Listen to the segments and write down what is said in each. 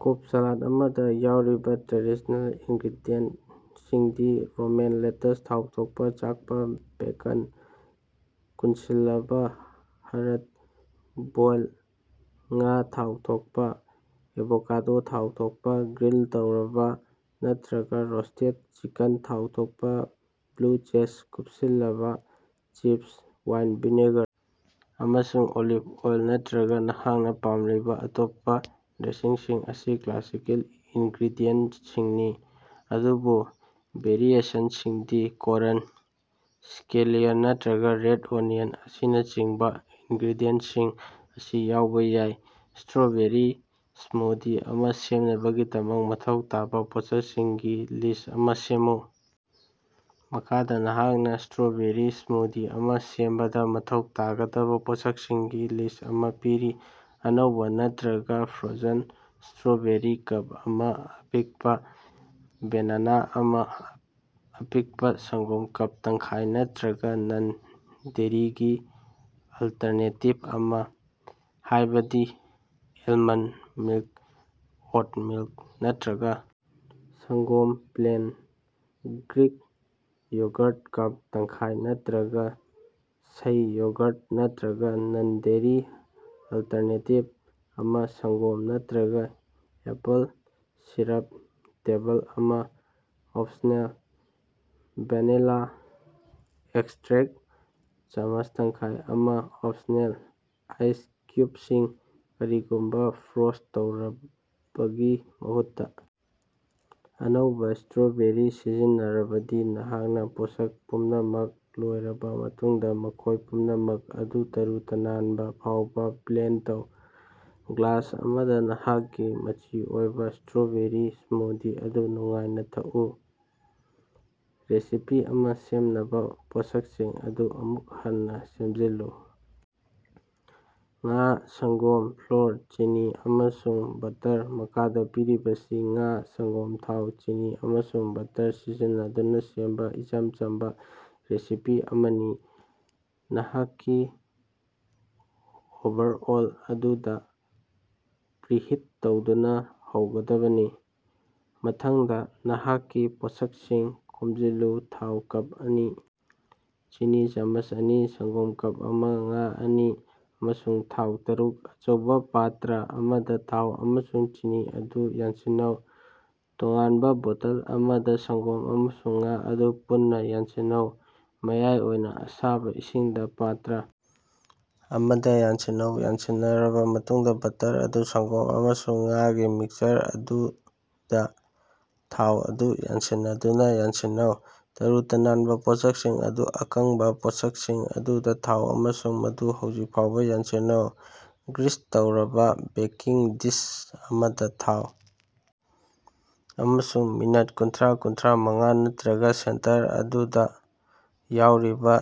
ꯀꯣꯕ salad ꯑꯃꯗꯥ ꯌꯥꯎꯔꯤꯕꯥ traditional ꯏꯟꯒ꯭ꯔꯦꯗꯤꯌꯦꯟꯁꯤꯡꯗꯤ: ꯔꯣꯃꯦꯟ ꯂꯦꯇꯨꯁ ꯊꯥꯎ ꯊꯣꯛꯄꯥ ,ꯆꯥꯛꯄꯥ ꯕꯦꯀꯟ, ꯀꯨꯟꯁꯤꯜꯂꯕꯥ ꯍꯥꯔꯠ-ꯕꯣꯏꯜ ꯉꯥ, ꯊꯥꯎ ꯊꯣꯛꯄꯥ ꯑꯦꯚꯣꯀꯦꯗꯣ, ꯊꯥꯎ ꯊꯣꯛꯄꯥ ꯒ꯭ꯔꯤꯜ ꯇꯧꯔꯕꯥ ꯅꯠꯇ꯭ꯔꯒꯥ ꯔꯣꯁꯇꯦꯠ ꯆꯤꯀꯟ, ꯊꯥꯎ ꯊꯣꯛꯄꯥ ꯕ꯭ꯂꯨ ꯆꯦꯖ, ꯀꯨꯞꯁꯤꯜꯂꯕꯥ ꯆꯤꯚꯁ꯫ ꯋꯥꯏꯟ ꯚꯤꯅꯦꯒꯥꯔ ꯑꯃꯁꯨꯡ ꯑꯣꯂꯤꯚ ꯑꯣꯏꯜ ꯅꯠꯇ꯭ꯔꯒꯥ ꯅꯍꯥꯛꯅ ꯄꯥꯝꯂꯤꯕꯥ ꯑꯇꯣꯞꯄꯥ ꯗ꯭ꯔꯦꯁꯤꯡꯁꯤꯡ ꯑꯁꯤ ꯀ꯭ꯂꯥꯁꯤꯀꯦꯜ ꯏꯟꯒ꯭ꯔꯦꯗꯤꯌꯦꯟꯁꯤꯡꯅꯤ, ꯑꯗꯨꯕꯨ ꯚꯦꯔꯤꯑꯦꯁꯟꯁꯤꯡꯗꯤ ꯀꯣꯔꯟ, ꯁ꯭ꯀꯦꯂꯤꯌꯟ, ꯅꯠꯇ꯭ꯔꯒꯥ ꯔꯦꯠ ꯑꯣꯅꯤꯌꯟ ꯑꯁꯤꯅꯆꯤꯡꯕꯥ ꯏꯟꯒ꯭ꯔꯦꯗꯤꯌꯦꯟꯁꯤꯡ ꯑꯁꯤ ꯌꯥꯎꯕ ꯌꯥꯏ꯫ ꯁꯇ꯭ꯔꯣꯕꯦꯔꯤ ꯁ꯭ꯃꯨꯗꯤ ꯑꯃ ꯁꯦꯝꯅꯕꯒꯤꯗꯃꯛ ꯃꯊꯧ ꯇꯥꯕ ꯄꯣꯠꯁꯛꯁꯤꯡꯒꯤ ꯂꯤꯁ ꯑꯃ ꯁꯦꯝꯃꯨ꯫ ꯃꯈꯥꯗ ꯅꯍꯥꯛꯅ ꯁꯇ꯭ꯔꯣꯕꯦꯔꯤ ꯁ꯭ꯃꯨꯗꯤ ꯑꯃ ꯁꯦꯝꯕꯗꯥ ꯃꯊꯧ ꯇꯥꯒꯗꯕꯥ ꯄꯣꯠꯁꯛꯁꯤꯡꯒꯤ ꯂꯤꯁ ꯑꯃ ꯄꯤꯔꯤ: ꯑꯅꯧꯕ ꯅꯠꯇ꯭ꯔꯒꯥ ꯐ꯭ꯔꯣꯖꯟ ꯁꯇ꯭ꯔꯣꯕꯦꯔꯤ ꯀꯞ ꯑꯃ, ꯑꯄꯤꯛꯄꯥ ꯕꯦꯅꯥꯅ ꯑꯃ, ꯑꯄꯤꯛꯄꯥ ꯁꯪꯒꯣꯝ ꯀꯞ ꯇꯪꯈꯥꯏ ꯅꯠꯇ꯭ꯔꯒꯥ ꯅꯟ-ꯗꯦꯔꯤꯒꯤ ꯑꯜꯇꯔꯅꯦꯇꯤꯚ ꯑꯃ ꯍꯥꯏꯕꯗꯤ ꯑꯦꯜꯃꯟ ꯃꯤꯜꯛ, ꯑꯣꯠ ꯃꯤꯜꯛ꯫ ꯅꯠꯇ꯭ꯔꯒꯥ ꯁꯪꯒꯣꯝ ꯄ꯭ꯂꯦꯟ ,ꯒ꯭ꯔꯤꯛ ꯌꯣꯒꯔꯠ ꯀꯞ ꯇꯪꯈꯥꯏ ꯅꯠꯇ꯭ꯔꯒꯥ ꯁꯩ ꯌꯣꯒꯔꯠ ꯅꯠꯇ꯭ꯔꯒꯥ ꯅꯟ-ꯗꯦꯔꯤ ꯑꯜꯇꯔꯅꯦꯇꯤꯚ ꯑꯃ ꯁꯪꯒꯣꯝ ꯅꯠꯇ꯭ꯔꯒꯥ ꯑꯦꯄꯜ ꯁꯤꯔꯞ ꯇꯦꯕꯜ ꯑꯃ (ꯑꯣꯞꯁꯅꯦꯜ) ꯚꯦꯅꯤꯂꯥ ꯑꯦꯛꯁꯇ꯭ꯔꯦꯛ ꯆꯥꯃꯁ ꯇꯪꯈꯥꯏ ꯑꯃ (ꯑꯣꯞꯁꯅꯦꯜ) ꯫ ꯑꯥꯏꯁ ꯀ꯭ꯌꯨꯕꯁꯤꯡ (ꯀꯔꯤꯒꯨꯝꯕꯥ ꯐ꯭ꯔꯣꯖ ꯇꯧꯔꯕꯥꯒꯤ ꯃꯍꯨꯠꯇꯥ ꯑꯅꯧꯕꯥ ꯁꯇ꯭ꯔꯣꯕꯦꯔꯤ ꯁꯤꯖꯤꯟꯅꯔꯕꯗꯤ) ꯅꯍꯥꯛꯅꯥ ꯄꯣꯠꯁꯛ ꯄꯨꯝꯅꯃꯛ ꯂꯣꯏꯔꯕꯥ ꯃꯇꯨꯡꯗꯥ, ꯃꯈꯣꯏ ꯄꯨꯝꯅꯃꯛ ꯑꯗꯨ ꯇꯔꯨ-ꯇꯅꯥꯟꯕ ꯐꯥꯎꯕ ꯕ꯭ꯂꯦꯟꯗ ꯇꯧ, ꯒ꯭ꯂꯥꯁ ꯑꯃꯗꯥ ꯅꯍꯥꯛꯀꯤ ꯃꯆꯤ ꯑꯣꯏꯕ ꯁꯇ꯭ꯔꯣꯕꯦꯔꯤ ꯁ꯭ꯃꯨꯗꯤ ꯑꯗꯨ ꯅꯨꯡꯉꯥꯏꯅꯥ ꯊꯛꯎ꯫ ꯔꯦꯁꯤꯄꯤ ꯑꯃ ꯁꯦꯝꯅꯕꯥ ꯄꯣꯠꯁꯛꯁꯤꯡ ꯑꯗꯨ ꯑꯃꯨꯛ ꯍꯟꯅꯥ ꯁꯦꯝꯖꯤꯜꯂꯨ꯫ ꯉꯥ, ꯁꯪꯒꯣꯝ, ꯐ꯭ꯂꯣꯔ, ꯆꯤꯅꯤ ꯑꯃꯁꯨꯡ ꯕꯠꯇꯔ꯫ ꯃꯈꯥꯗ ꯄꯤꯔꯤꯕꯁꯤ ꯉꯥ, ꯁꯪꯒꯣꯝ, ꯊꯥꯎ, ꯆꯤꯅꯤ, ꯑꯃꯁꯨꯡ ꯕꯠꯇꯔ ꯁꯤꯖꯤꯟꯅꯗꯨꯅꯥ ꯁꯦꯝꯕꯥ ꯏꯆꯝ ꯆꯝꯕꯥ ꯔꯦꯁꯤꯄꯤ ꯑꯃꯅꯤ: ꯅꯍꯥꯛꯀꯤ ꯑꯣꯚꯔꯑꯣꯜ ꯑꯗꯨꯗꯥ ꯄ꯭ꯔꯤꯍꯤꯠ ꯇꯧꯗꯨꯅꯥ ꯍꯧꯒꯗꯕꯅꯤ꯫ ꯃꯊꯪꯗꯥ, ꯅꯍꯥꯛꯀꯤ ꯄꯣꯠꯁꯛꯁꯤꯡ ꯈꯣꯝꯖꯤꯜꯂꯨ: ꯊꯥꯎ ꯀꯞ ꯑꯅꯤ, ꯆꯤꯅꯤ ꯆꯥꯃꯁ ꯑꯅꯤ, ꯁꯪꯒꯣꯝ ꯀꯞ ꯑꯃ, ꯉꯥ ꯑꯅꯤ, ꯑꯃꯁꯨꯡ ꯊꯥꯎ ꯇꯔꯨꯛ꯫ ꯑꯆꯧꯕ ꯄꯥꯇ꯭ꯔꯥ ꯑꯃꯗꯥ ꯊꯥꯎ ꯑꯃꯁꯨꯡ ꯆꯤꯅꯤ ꯑꯗꯨ ꯌꯥꯟꯁꯤꯟꯅꯧ꯫ ꯇꯣꯉꯥꯟꯕꯥ ꯕꯣꯇꯜ ꯑꯃꯗꯥ ꯁꯪꯒꯣꯝ ꯑꯃꯁꯨꯡ ꯉꯥ ꯑꯗꯨ ꯄꯨꯟꯅꯥ ꯌꯥꯟꯁꯤꯟꯅꯧ꯫ ꯃꯌꯥꯏ ꯑꯣꯏꯕ ꯑꯁꯥꯕꯥ ꯏꯁꯤꯡꯗꯥ ꯄꯥꯠꯇ꯭ꯔꯥ ꯑꯃꯗꯥ ꯌꯥꯟꯁꯤꯟꯅꯧ꯫ ꯌꯥꯟꯁꯤꯟꯅꯔꯕꯥ ꯃꯇꯨꯡꯗꯥ, ꯕꯠꯇꯔ ꯑꯗꯨ ꯁꯪꯒꯣꯝ ꯑꯃꯁꯨꯡ ꯉꯥꯒꯤ ꯃꯤꯛꯁꯆꯔ ꯑꯗꯨꯗꯥ ꯊꯥꯎ ꯑꯗꯨ ꯌꯥꯟꯁꯤꯟꯅꯗꯨꯅꯥ ꯌꯥꯟꯁꯤꯟꯅꯧ꯫ ꯇꯔꯨ-ꯇꯅꯥꯟꯕꯥ ꯄꯣꯠꯁꯛꯁꯤꯡ ꯑꯗꯨ ꯑꯀꯪꯕꯥ ꯄꯣꯠꯁꯛꯁꯤꯡ ꯑꯗꯨꯗꯥ ꯊꯥꯎ ꯑꯃꯁꯨꯡ ꯃꯗꯨ ꯍꯧꯖꯤꯛ ꯐꯥꯎꯕ ꯌꯥꯟꯁꯤꯟꯅꯧ꯫ ꯒ꯭ꯔꯤꯁ ꯇꯧꯔꯕꯥ ꯕꯦꯀꯤꯡ ꯗꯤꯁ ꯑꯃꯗꯥ ꯊꯥꯎ ꯑꯃꯁꯨꯡ ꯃꯤꯅꯠ ꯀꯨꯟꯊ꯭ꯔꯥ-ꯀꯨꯟꯊ꯭ꯔꯥꯃꯉꯥ ꯅꯠꯇ꯭ꯔꯒꯥ ꯁꯦꯟꯇꯔ ꯑꯗꯨꯗꯥ ꯌꯥꯎꯔꯤꯕ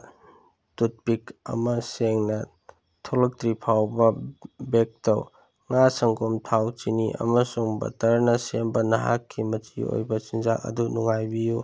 ꯇꯨꯠꯄꯤꯛ ꯑꯃ ꯁꯦꯡꯅꯥ ꯊꯣꯛꯂꯛꯇ꯭ꯔꯤꯕꯐꯥꯎꯕ ꯕꯦꯛ ꯇꯧ꯫ ꯉꯥ, ꯁꯪꯒꯣꯝ, ꯊꯥꯎ, ꯆꯤꯅꯤ, ꯑꯃꯁꯨꯡ ꯕꯠꯇꯔꯅꯥ ꯁꯦꯝꯕꯥ ꯅꯍꯥꯛꯀꯤ ꯃꯆꯤ ꯑꯣꯏꯕ ꯆꯤꯟꯖꯥꯛ ꯑꯗꯨ ꯅꯨꯡꯉꯥꯏꯕꯤꯌꯨ꯫